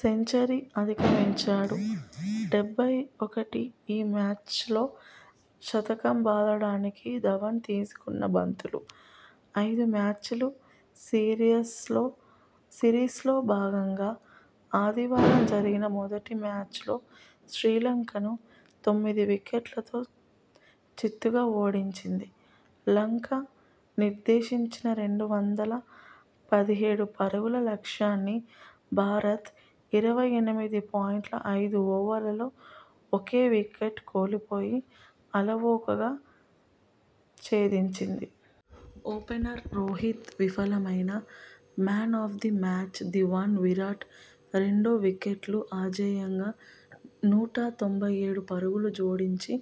Century అధిగమించాడు డెబ్బై ఒకటి ఈ మ్యాచ్లో శతకం బాదడానికి ధవన్ తీసుకున్న బంతులు. ఐదు మ్యాచ్ల సీరియస్ సిరీస్లో భాగంగా ఆది వారం జరిగిన మొదటి మ్యాచ్లో శ్రీలంకను తొమ్మిది వికెట్లతో చిత్తుగా ఓ డించింది. లంక నిర్దేశించిన రెండు వందల పదిహేడు పరుగుల లక్ష్యాన్ని భారత్ ఇరవై ఎనిమిది పాయింట్ ఐదు ఓవర్లలో ఒకే వికెట్ కోల్పోయి అలవోకగా ఛేదించింది. ఓపెనర్ రోహిత్ విఫలమైనా 'man of the match' Dhawan, Virat రెండో వికెట్కు అజేయంగా నూట తొంభై ఏడు పరుగులు జోడించి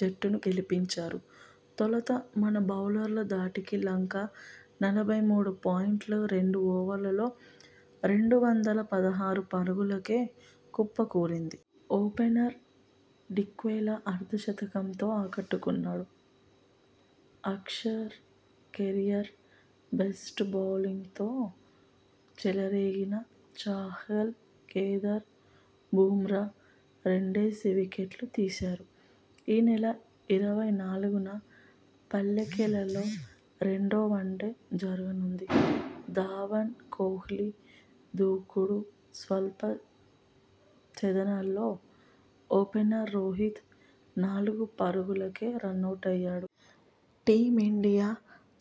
జట్టును గెలిపించారు. తొలుత మన బౌలర్ల ధాటికి లంక నలభై మూడు పాయింట్ రెండు ఓవర్లలో రెండు వందల పదహారు పరుగులకే కుప్పకూలింది. ఓపెనర్ డిక్వెలా అర్ధ శతకంతో ఆకట్టుకున్నాడు. అక్షర్ కెరీర్ బెస్ట్ బౌలింగ్తో తో చెలరేగగా, చాహల్, కేదార్, బుమ్రా రెండేసి వికెట్లు తీశారు. ఈనెల ఇరవై నాలుగున పల్లె కెలెలో రెండో వన్డే జరగనుంది. ధవన్, కోహ్లీ దూకుడు స్వల్ప ఛేదనలో ఓపెనర్ రోహిత్ నాలుగు పరుగులకే రనౌటయ్యాడు. టీమిండియా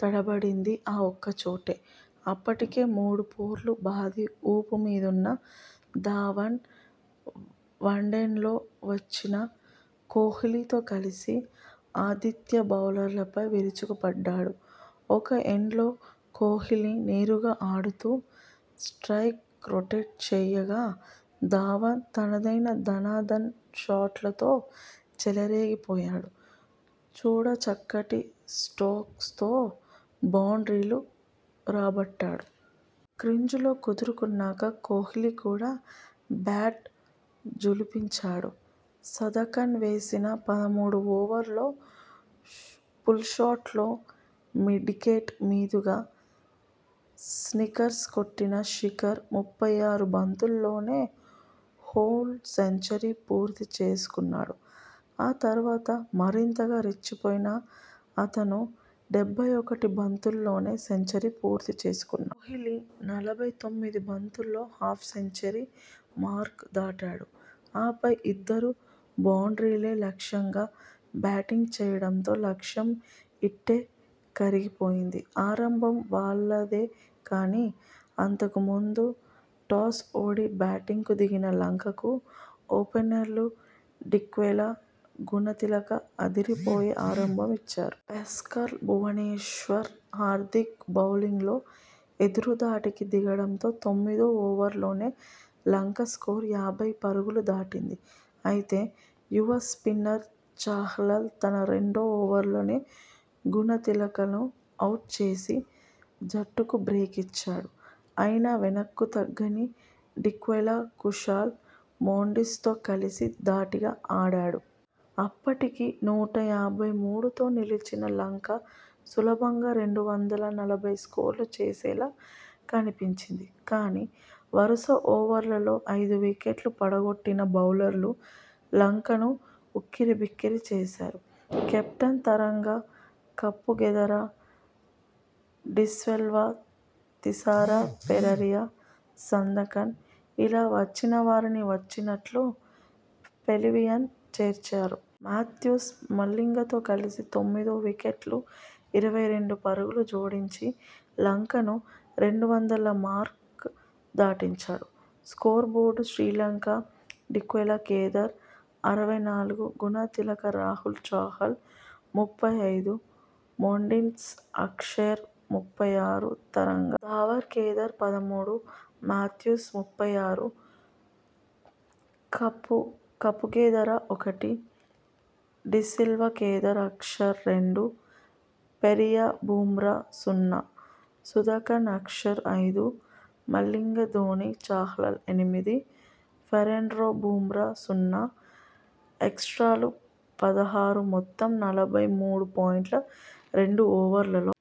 తడబడింది ఆ ఒక్కచోటే. అప్పటికే మూడు ఫోర్లు బాది ఊపు మీదున్న ధవన్ వన్డౌన్లో వచ్చిన కోహ్లీతో కలిసి ఆతి థ్య బౌలర్లపై విరుచుకుపడ్డాడు. ఒక ఎండ్లో కోహ్లీ నేర్పుగా ఆడుతూ స్ట్రయిక్ రొటేట్ చేయగా ధవన్ తనదైన ధనాధన్ షాట్లతో చెలరేగిపోయాడు. చూడ చక్కటి స్టోక్స్ తో బౌండ్రీలు రాబట్టాడు. క్రీజులో కుదురుకున్నాక కోహ్లీ కూడా బ్యాట్ ఝుళిపించాడు. సందకన్ వేసిన పదమూడువ ఓవర్లో పుల్షాట్తో మిడ్మికెట్ మీదుగా సిక్సర్ కొట్టిన శిఖర్ ముప్పై ఆరు బంతుల్లోనే హాఫ్ సెంచరీ పూర్తి చేసుకున్నాడు. ఆ తర్వాతా మరింతగా రెచ్చిపోయిన అతను డెబ్బై ఒకటి బంతుల్లోనే సెంచరీ పూర్తి చేసుకున్నాడు. కోహ్లీ నలభై తొమ్మిది బంతుల్లో హాఫ్ సెంచరీ మార్కు దాటాడు. ఆపై ఇద్దరూ బౌండ్రీలే లక్ష్యంగా బ్యాటింగ్ చేయడంతో లక్ష్యం ఇట్టే కరిగిపోయింది. ఆరంభం వాళ్లదే కానీ అంతకు ముందు టాస్ ఓడి బ్యాటింగ్కు దిగిన లంకకు ఓపెనర్లు డిక్వెలా, గుణతిలక అదిరిపోయే ఆరంభం ఇచ్చారు. పేసర్లు భువనేశ్వర్, హార్దిక్ బౌలింగ్లో ఎదురుదాడికి దిగడంతో తొమ్మిదో ఓవర్లోనే లంక స్కోరు యాభై పరుగులు దాటింది. అయితే, యువ స్పిన్నర్ చాహల్ తన రెండో ఓవర్లోనే గుణ తిలకను అవుట్ చేసి జట్టుకు బ్రేక్ ఇచ్చాడు. అయునా వెనక్కు తగ్గని డిక్వెలా కుశాల్ మెండిస్ తో కలిసి ధాటిగా ఆడాడు. అప్పటికి నూట యాభై మూడుతో నిలిచిన లంక సులభంగా రెండు వందల ఎనభై స్కోరు చేసేలా కనిపించింది. కానీ, వరుస ఓవర్లలో ఐదు వికెట్లు పడగొట్టిన బౌలర్లు లంకను ఉక్కిరిబిక్కిరి చేశారు. కెప్టెన్ తరంగ, కపుగెదెర, డిసిల్వ, తిసార పెరీర, సందకన్ ఇలా వచ్చినవారిని వచ్చినట్టు పెవిలియన్ చేర్చారు. మాథ్యూస్ మలింగ తో కలిసి తొమ్మిదో వికెట్కు ఇరవై రెండు పరుగులు జోడించి లంకను రెండు వందల మార్కు దాటించాడు. స్కోరు బోర్డు శ్రీలంక డిక్వెలా కేదార్ అరవై నాలుగు, గుణ తిలక రాహుల్ చాహల్ ముప్పై ఐదు, మెండిస్ అక్షర్ ముప్పై ఆరు, తరంగ ధవన్ కేదార్ పదమూడు, మాథ్యూస్ ముప్పై ఆరు, కపుగెదెర ఒకటి, డిసిల్వ కేదార్ అక్షర్ రెండు, పెరీర బుమ్రా సున్నా, సందకన్ అక్షర్ ఐదు, మలింగ ధోనీ చాహల్ ఎనిమిది, ఫెర్నాండో బుమ్రా సున్నా ఎక్స్ట్రాలు పదహారు మొత్తం నలభై మూడు పాయింట్ రెండు ఓవర్లలో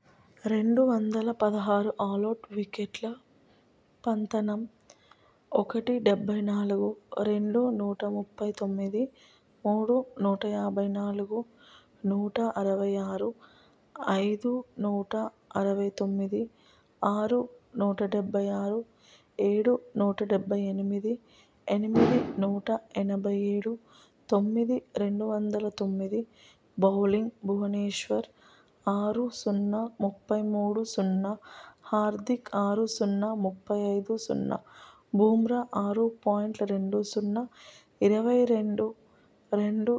రెండు వందల పదహారు ఆలౌట్ వికెట్ల పతనం ఒకటి డెబ్బై నాలుగు, రెండు నూట ముప్పై తొమ్మిది, మూడు నూట యాభై, నాలుగు నూట అరవై ఆరు, ఐదు నూట అరవై తొమ్మిది, ఆరు నూట డెబ్బై ఆరు, ఏడు నూట డెబ్బై ఎనిమిది, ఎనిమిది నూట ఎనభై ఏడు, తొమ్మిది రెండు వందల తొమ్మిది బౌలింగ్ భువనేశ్వర్ ఆరు-సున్నా-ముప్పై మూడు-సున్నా, హార్దిక్ ఆరు-సున్నా-ముప్పై ఐదు-సున్నా, బుమ్రా ఆరు పాయింట్ రెండు-సున్నా-ఇరవై రెండు-రెండు,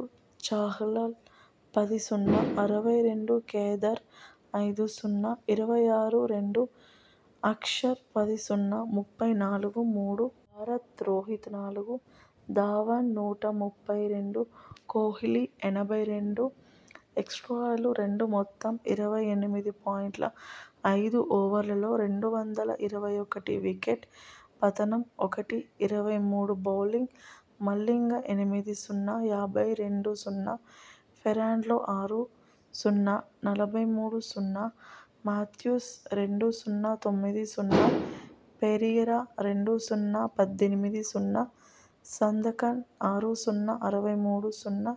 చాహల్ పది-సున్నా-అరవై-రెండు, కేదార్ ఐదు-సున్నా-ఇరవై ఆరు-రెండు, అక్షర్ పది-సున్నా-ముప్పై నాలుగు-మూడు. భారత్ రోహిత్ నాలుగు, ధవన్ నూట ముప్పై రెండు, కోహ్లీ ఎనభై రెండు ఎక్స్ట్రాలు రెండు మొత్తం ఇరవై ఎనిమిది పాయింట్ ఐదు ఓవర్లలో రెండు వందల ఇరవై/ఒకటి వికెట్ పతనం ఒకటి-ఇరవై మూడు బౌలింగ్ మలింగ ఎనిమిది-సున్నా-యాభై రెండు-సున్నా, ఫెర్నాండో ఆరు-సున్నా-నలభై మూడు-సున్నా, మాథ్యూస్ రెండు-సున్నా-తొమ్మిది-సున్నా, పెరీర రెండు-సున్నా-పద్దెనిమిది-సున్నా, సందకన్ ఆరు-సున్నా-అరవై మూడు-సున్నా,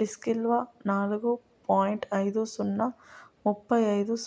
డిసిల్వ నాలుగు పాయింట్ ఐదు-సున్నా-ముప్పై ఐదు-సున్నా.